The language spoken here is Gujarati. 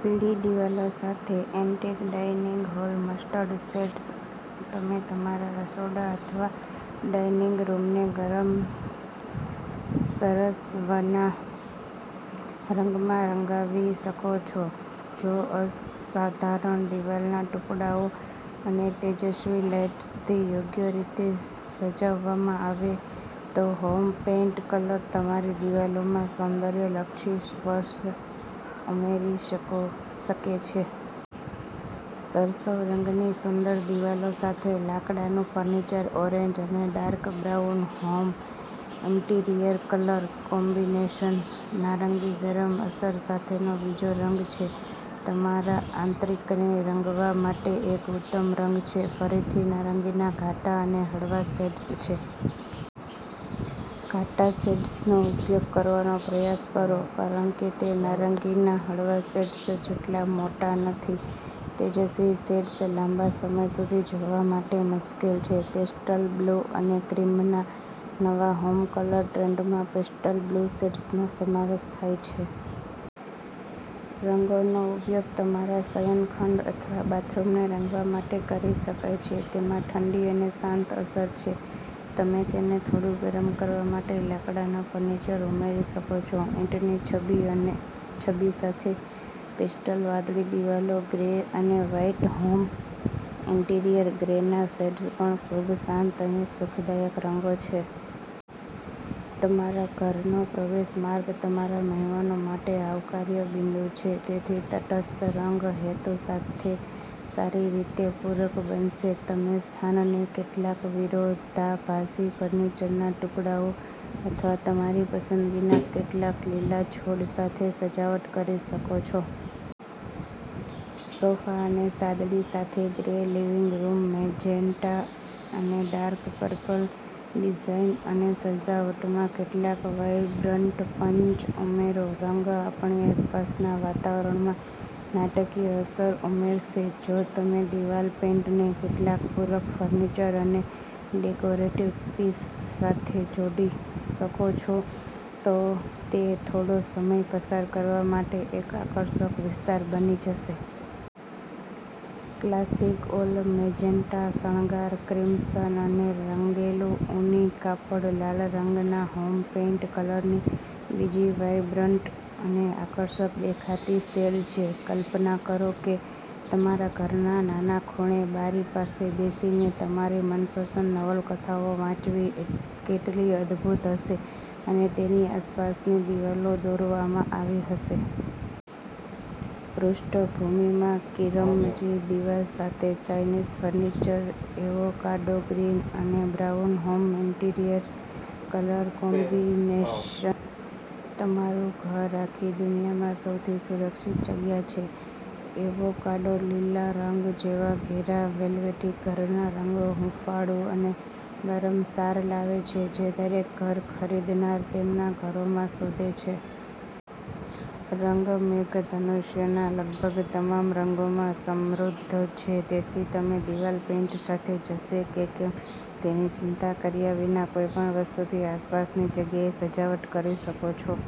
પીળી દિવાલો સાથે antique dining hall. Mustard shades તમે તમારા રસોડા અથવા ડાઇનિંગ રૂમને ગરમ સરસવના રંગમાં રંગાવી શકો છો. જો અસાધારણ દિવાલના ટુકડાઓ અને તેજસ્વી લાઇટ્સથી યોગ્ય રીતે સજાવવામાં આવે તો હોમ પેઇન્ટ કલર તમારી દિવાલોમાં સૌંદર્યલક્ષી સ્પર્શ ઉમેરી શકે છે. સરસવ રંગની સુંદર દિવાલો સાથે લાકડાનું ફર્નિચર ઓરેન્જ અને dark brown home interior colour combination નારંગી ગરમ અસર સાથેનો બીજો રંગ છે. તમારા આંતરિકને રંગવા માટે એક ઉત્તમ રંગ છે. ફરીથી, નારંગીના ઘાટા અને હળવા શેડ્સ છે. ઘાટા શેડ્સનો ઉપયોગ કરવાનો પ્રયાસ કરો કારણ કે તે નારંગીના હળવા શેડ્સ જેટલા મોટા નથી. તેજસ્વી શેડ્સ લાંબા સમય સુધી જોવા માટે મુશ્કેલ છે. પેસ્ટલ બ્લુ અને ક્રીમના નવા હોમ કલર ટ્રેન્ડમાં પેસ્ટલ બ્લુ શેડ્સનો સમાવેશ થાય છે. રંગોનો ઉપયોગ તમારા શયનખંડ અથવા બાથરૂમને રંગવા માટે કરી શકાય છે. તેમાં ઠંડી અને શાંત અસર છે. તમે તેને થોડું ગરમ કરવા માટે લાકડાના ફર્નિચર ઉમેરી શકો છો. ઈંટની છબી સાથે પેસ્ટલ વાદળી દિવાલો, ગ્રે અને વ્હાઇટ હોમ ઇન્ટિરિયર, ગ્રેના શેડ્સ પણ ખૂબ શાંત અને સુખદાયક રંગો છે. તમારા ઘરનો પ્રવેશ માર્ગ તમારા મહેમાનો માટે આવકાર્ય બિંદુ છે. તેથી, તટસ્થ રંગ હેતુ સાથે સારી રીતે પૂરક બનશે. તમે સ્થાનને કેટલાક વિરોધાભાસી ફર્નિચરના ટુકડાઓ અથવા તમારી પસંદગીના કેટલાક લીલા છોડ સાથે સજાવટ કરી શકો છો. સોફા અને સાદડી સાથે ગ્રે, લિવિંગ રૂમ મેજેન્ટા અને ડાર્ક પર્પલ ડિઝાઇન અને સજાવટમાં કેટલાક વાઇબ્રન્ટ પંચ ઉમેરો. રંગ આપણી આસપાસના વાતાવરણમાં નાટકીય અસર ઉમેરશે. જો તમે દિવાલ પેઇન્ટને કેટલાક પૂરક ફર્નિચર અને ડેકોરેટિવ પીસ સાથે જોડી શકો છો, તો તે થોડો સમય પસાર કરવા માટે એક આકર્ષક વિસ્તાર બની જશે. ક્લાસિક ઓલ-મેજેન્ટા શણગાર, ક્રિમસન અને રંગેલું ઊની કાપડ, લાલ રંગના હોમ પેઈન્ટ કલરની બીજી વાઈબ્રન્ટ અને આકર્ષક દેખાતી શેડ છે. કલ્પના કરો કે તમારા ઘરના નાના ખૂણે બારી પાસે બેસીને તમારી મનપસંદ નવલકથાઓ વાંચવી કેટલી અદ્ભુત હશે અને તેની આસપાસની દીવાલો દોરવામાં આવી હશે. પૃષ્ઠભૂમિમાં કિરમજી દિવાલ સાથે ચાઇનીઝ ફર્નિચર એવોકાડો ગ્રીન અને brown home interior colour combination તમારું ઘર આખી દુનિયામાં સૌથી સુરક્ષિત જગ્યા છે. એવોકાડો લીલા રંગ જેવા ઘેરા વેલ્વેટી ઘરના રંગો હૂંફાળું અને ગરમ સાર લાવે છે જે દરેક ઘર ખરીદનાર તેમના ઘરોમાં શોધે છે. રંગ મેઘધનુષ્યના લગભગ તમામ રંગોમાં સમૃદ્ધ છે. તેથી, તમે દિવાલ પેઇન્ટ સાથે જશે કે કેમ તેની ચિંતા કર્યા વિના કોઈપણ વસ્તુથી આસપાસની જગ્યાને સજાવટ કરી શકો છો.